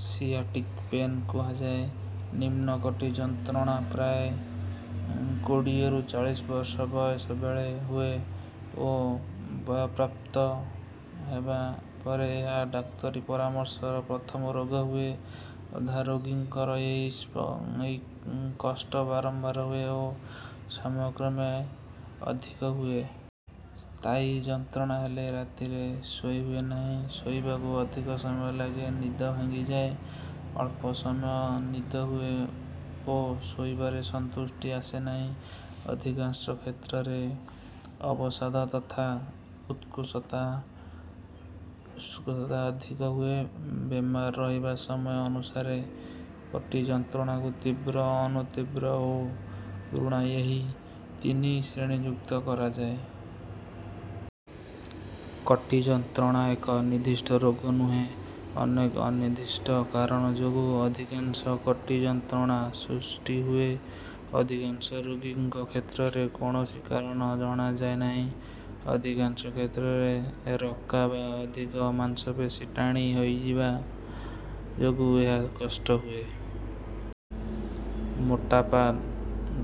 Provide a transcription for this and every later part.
Sciatic pain କୁହାଯାଏ। ନିମ୍ନ କଟି ଯନ୍ତ୍ରଣା ପ୍ରାୟ କୋଡ଼ିଏରୁ ଚାଳିଶ ବର୍ଷ ବୟସ ବେଳେ ହୁଏ ଓ ବୟଃପ୍ରାପ୍ତ ହେବା ପରେ ଏହା ଡାକ୍ତରୀ ପରାମର୍ଶର ପ୍ରଥମ ରୋଗ ହୁଏ। ଅଧା ରୋଗୀଙ୍କର ଏହି କଷ୍ଟ ବାରମ୍ବାର ହୁଏ ଓ ସମୟକ୍ରମେ ଅଧିକ ହୁଏ। ସ୍ଥାୟୀ ଯନ୍ତ୍ରଣା ହେଲେ ରାତିରେ ଶୋଇ ହୁଏ ନାହିଁ ଶୋଇବାକୁ ଅଧିକ ସମୟ ଲାଗେ ନିଦ ଭାଙ୍ଗିଯାଏ ଅଳ୍ପ ସମୟ ନିଦ ହୁଏ ଓ ଶୋଇବାରେ ସନ୍ତୁଷ୍ଟି ଆସେ ନାହିଁ। ଅଧିକାଂଶ କ୍ଷେତ୍ରରେ ଅବସାଦ ତଥା ଉତ୍ସୁକତା ଅଧିକ ହୁଏ। ବେମାର ରହିବା ସମୟ ଅନୁସାରେ କଟି ଯନ୍ତ୍ରଣାକୁ ତୀବ୍ର ଅନୁତୀବ୍ର ଓ ପୁରୁଣା ଏହି ତିନି ଶ୍ରେଣୀଭୁକ୍ତ କରାଯାଏ। କଟି ଯନ୍ତ୍ରଣା ଏକ ନିର୍ଦ୍ଦିଷ୍ଟ ରୋଗ ନୁହେଁ ଅନେକ ଅନିର୍ଦ୍ଦିଷ୍ଟ କାରଣ ଯୋଗୁଁ ଅଧିକାଂଶ କଟି ଯନ୍ତ୍ରଣା ସୃଷ୍ଟି ହୁଏ। ଅଧିକାଂଶ ରୋଗୀଙ୍କ କ୍ଷେତ୍ରରେ କୌଣସି କାରଣ ଜଣାଯାଏ ନାହିଁ। ଅଧିକାଂଶ କ୍ଷେତ୍ରରେ ରୋକା ବା ଅଧିକ ମାଂସପେଶୀ ଟାଣି ରହିଯିବା ଯୋଗୁଁ ଏହା କଷ୍ଟ ହୁଏ। ମୋଟାପା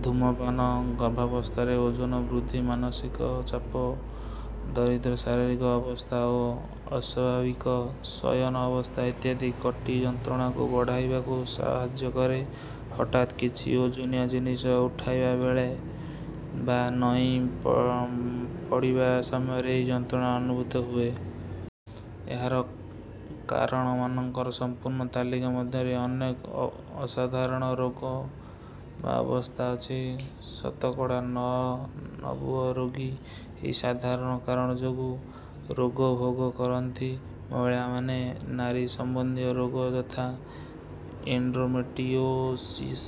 ଧୂମପାନ ଗର୍ଭାବସ୍ଥାରେ ଓଜନ ବୃଦ୍ଧି ମାନସିକ ଚାପ ଦରିଦ୍ର ଶାରୀରିକ ଅବସ୍ଥା ଓ ଅସ୍ୱାଭାବିକ ଶୟନ ଅବସ୍ଥା ଇତ୍ୟାଦି କଟି ଯନ୍ତ୍ରଣାକୁ ବଢ଼ାଇବାକୁ ସାହାଯ୍ୟ କରେ। ହଠାତ୍ କିଛି ଓଜନିଆ ଜିନିଷ ଉଠାଇବା ବେଳେ ବା ନଇଁ ପଡ଼ିବା ସମୟରେ ଏହି ଯନ୍ତ୍ରଣା ଅନୁଭୂତ ହୁଏ। ଏହାର କାରଣମାନଙ୍କର ସମ୍ପୂର୍ଣ୍ଣ ତାଲିକା ମଧ୍ୟରେ ଅନେକ ଅସାଧାରଣ ରୋଗ ବା ଅବସ୍ଥା ଅଛି। ଶତକଡ଼ା ନଅ ନବୁଅ ରୋଗୀ ଏହି ସାଧାରଣ କାରଣ ଯୋଗୁଁ ରୋଗ ଭୋଗ କରନ୍ତି। ମହିଳାମାନେ ନାରୀ ସମ୍ବନ୍ଧୀୟ ରୋଗ ଯଥା ଏଣ୍ଡୋମେଟ୍ରିଓସିସ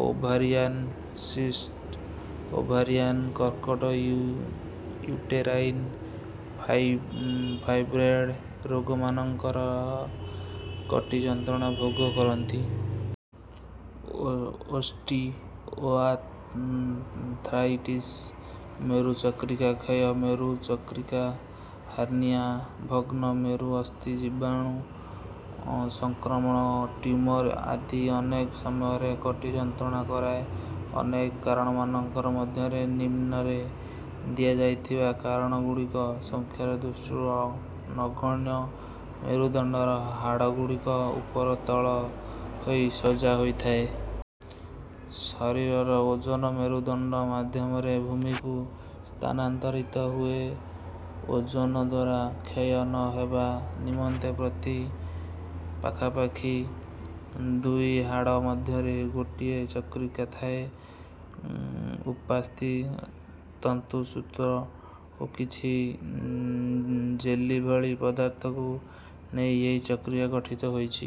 ଓଭାରିଆନ ସିଷ୍ଟ ଓଭାରିଆନ କର୍କଟ ୟୁଟେରାଇନ ଫାଇବ୍ରଏଡ ରୋଗମାନଙ୍କରେ କଟି ଯନ୍ତ୍ରଣା ଭୋଗ କରନ୍ତି। ଓଷ୍ଟିଓଆର୍ଥ୍ରାଇଟିସ ମେରୁ ଚକ୍ରିକା କ୍ଷୟ ମେରୁ ଚକ୍ରିକା ହାର୍ନିଆ ଭଗ୍ନ ମେରୁ ଅସ୍ଥି ଜୀବାଣୁ ସଂକ୍ରମଣ ଓ ଟ୍ୟୁମର ଆଦି ଅନେକ ସମୟରେ କଟି ଯନ୍ତ୍ରଣା କରାଏ। ଅନେକ କାରଣମାନଙ୍କ ମଧ୍ୟରେ ନିମ୍ନରେ ଦିଆଯାଇଥିବା କାରଣଗୁଡ଼ିକ ସଂଖ୍ୟା ଦୃଷ୍ଟିରୁ ନଗଣ୍ୟ। ମେରୁଦଣ୍ଡର ହାଡ଼ଗୁଡ଼ିକ ଉପର ତଳ ହୋଇ ସଜା ହୋଇଥାଏ। ଶରୀରର ଓଜନ ମେରୁଦଣ୍ଡ ମାଧ୍ୟମରେ ଭୂମିକୁ ସ୍ଥାନାନ୍ତରିତ ହୁଏ। ଓଜନ ଦ୍ୱାରା କ୍ଷୟ ନ ହେବା ନିମନ୍ତେ ପ୍ରତି ପାଖାପାଖି ଦୁଇ ହାଡ଼ ମଧ୍ୟରେ ଗୋଟିଏ ଚକ୍ରିକା ଥାଏ। ଉପାସ୍ଥି ତନ୍ତୁସୂତ୍ର ଓ କିଛି ଜେଲି ଭଳି ପଦାର୍ଥକୁ ନେଇ ଏହି ଚକ୍ରିକା ଗଠିତ ହୋଇଛି।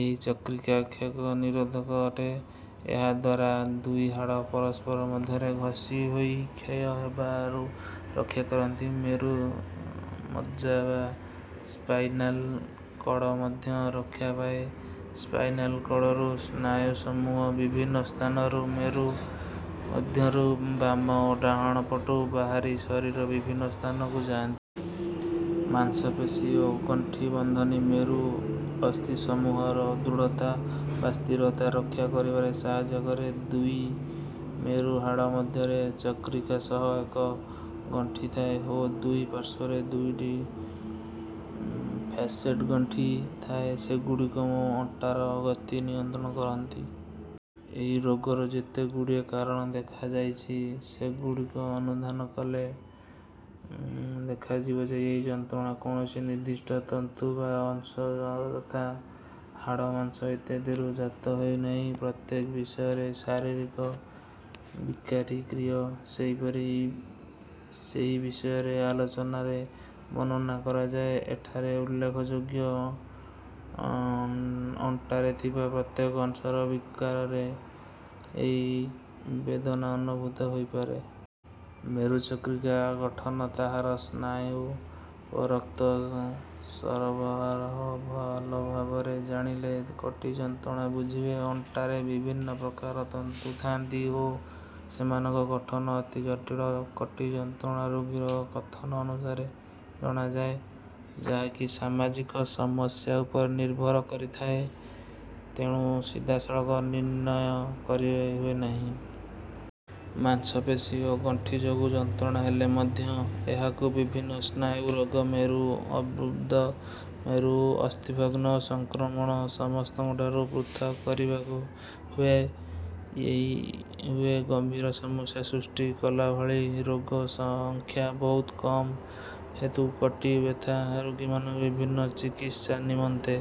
ଏହି ଚକ୍ରିକା ଷକ ନିରୋଧକ ଅଟେ। ଏହା ଦ୍ୱାରା ଦୁଇ ହାଡ଼ ପରସ୍ପର ମଧ୍ୟରେ ଘଷି ହୋଇ କ୍ଷୟ ହେବାରୁ ରକ୍ଷା ପାଆନ୍ତି। ମେରୁ ମଜ୍ଜା ବା ସ୍ପାଇନାଲ କଡ଼ ମଧ୍ୟ ରକ୍ଷା ପାଏ। ସ୍ପାଇନାଲ କଡ଼ରୁ ସ୍ନାୟୁସମୂହ ବିଭିନ୍ନ ସ୍ଥାନରୁ ମେରୁ ମଧ୍ୟରୁ ବାମ ଓ ଡାହାଣ ପଟୁ ବାହାରି ଶରୀରର ବିଭିନ୍ନ ସ୍ଥାନକୁ ଯାଆନ୍ତି। ମାଂସପେଶୀ ଓ ଗଣ୍ଠି ବନ୍ଧନୀ ମେରୁ ଅସ୍ଥିସମୂହର ଦୃଢ଼ତା ବା ସ୍ଥିରତା ରକ୍ଷା କରିବାରେ ସାହାଯ୍ୟ କରେ। ଦୁଇ ମେରୁ ହାଡ଼ ମଧ୍ୟରେ ଚକ୍ରିକା ସହ ଏକ ଗଣ୍ଠି ଥାଏ ଓ ଦୁଇ ପାର୍ଶ୍ୱରେ ଦୁଇଟି ଫ୍ୟାସେଟ ଗଣ୍ଠି ଥାଏ ସେଗୁଡ଼ିକ ଅଣ୍ଟାର ଗତି ନିୟନ୍ତ୍ରଣ କରନ୍ତି। ଏହି ରୋଗର ଯେତେଗୁଡ଼ିଏ କାରଣ ଲେଖାଯାଇଛି ସେଗୁଡ଼ିକ ଅନୁଧ୍ୟାନ କଲେ ଦେଖାଯିବ ଏହି ଯନ୍ତ୍ରଣା କୌଣସି ନିର୍ଦ୍ଦିଷ୍ଟ ତନ୍ତୁ ବା ଅଂଶ ଯଥା ହାଡ଼ ମାଂସ ଇତ୍ୟାଦିରୁ ଜାତ ହେଉନାହିଁ। ପ୍ରତ୍ୟେକ ବିଷୟର ଶାରୀରିକ ବିକାରୀ କ୍ରିୟା ସେହି ବିଷୟର ଆଲୋଚନାରେ ବର୍ଣ୍ଣନା କରାଯାଏ। ଏଠାରେ ଉଲ୍ଲେଖଯୋଗ୍ୟ ଅଣ୍ଟାରେ ଥିବା ପ୍ରତ୍ୟେକ ଅଂଶର ବିକାରରେ ଏହି ବେଦନା ଅନୁଭୂତ ହୋଇପାରେ। ମେରୁ ଚକ୍ରିକା ଗଠନ ତାହାର ସ୍ନାୟୁ ଓ ରକ୍ତ ସରବରାହ ଭଲ ଭାବରେ ଜାଣିଲେ କଟି ଯନ୍ତ୍ରଣା ବୁଝିହୁଏ। ଅଣ୍ଟାରେ ବିଭିନ୍ନ ପ୍ରକାର ତନ୍ତୁ ଥାଆନ୍ତି ଓ ସେମାନଙ୍କ ଗଠନ ଅତି ଜଟିଳ। କଟି ଯନ୍ତ୍ରଣା ରୋଗୀର କଥନ ଅନୁସାରେ ଜଣାଯାଏ ଯାହାକି ସାମାଜିକ ସମସ୍ୟା ଉପରେ ନିର୍ଭର କରିଥାଏ ତେଣୁ ସିଧାସଳଖ ନିର୍ଣ୍ଣୟ କରିହୁଏ ନାହିଁ। ମାଂସପେଶୀ ଓ ଗଣ୍ଠି ଯୋଗୁଁ ଯନ୍ତ୍ରଣା ହେଲେ ମଧ୍ୟ ଏହାକୁ ବିଭିନ୍ନ ସ୍ନାୟୁ ରୋଗ ମେରୁ ଅର୍ବୁଦ ମେରୁ ଅସ୍ଥିଭଗ୍ନ ସଂକ୍ରମଣ ସମସ୍ତଙ୍କଠାରୁ ପୃଥକ କରିବାକୁ ହୁଏ। ଗମ୍ଭୀର ସମସ୍ୟା ସୃଷ୍ଟି କଲା ଭଳି ରୋଗ ସଂଖ୍ୟା ବହୁତ କମ ହେତୁ କଟି ବ୍ୟଥା ରୋଗୀମାନଙ୍କର ବିଭିନ୍ନ ଚିକିତ୍ସା ନିମନ୍ତେ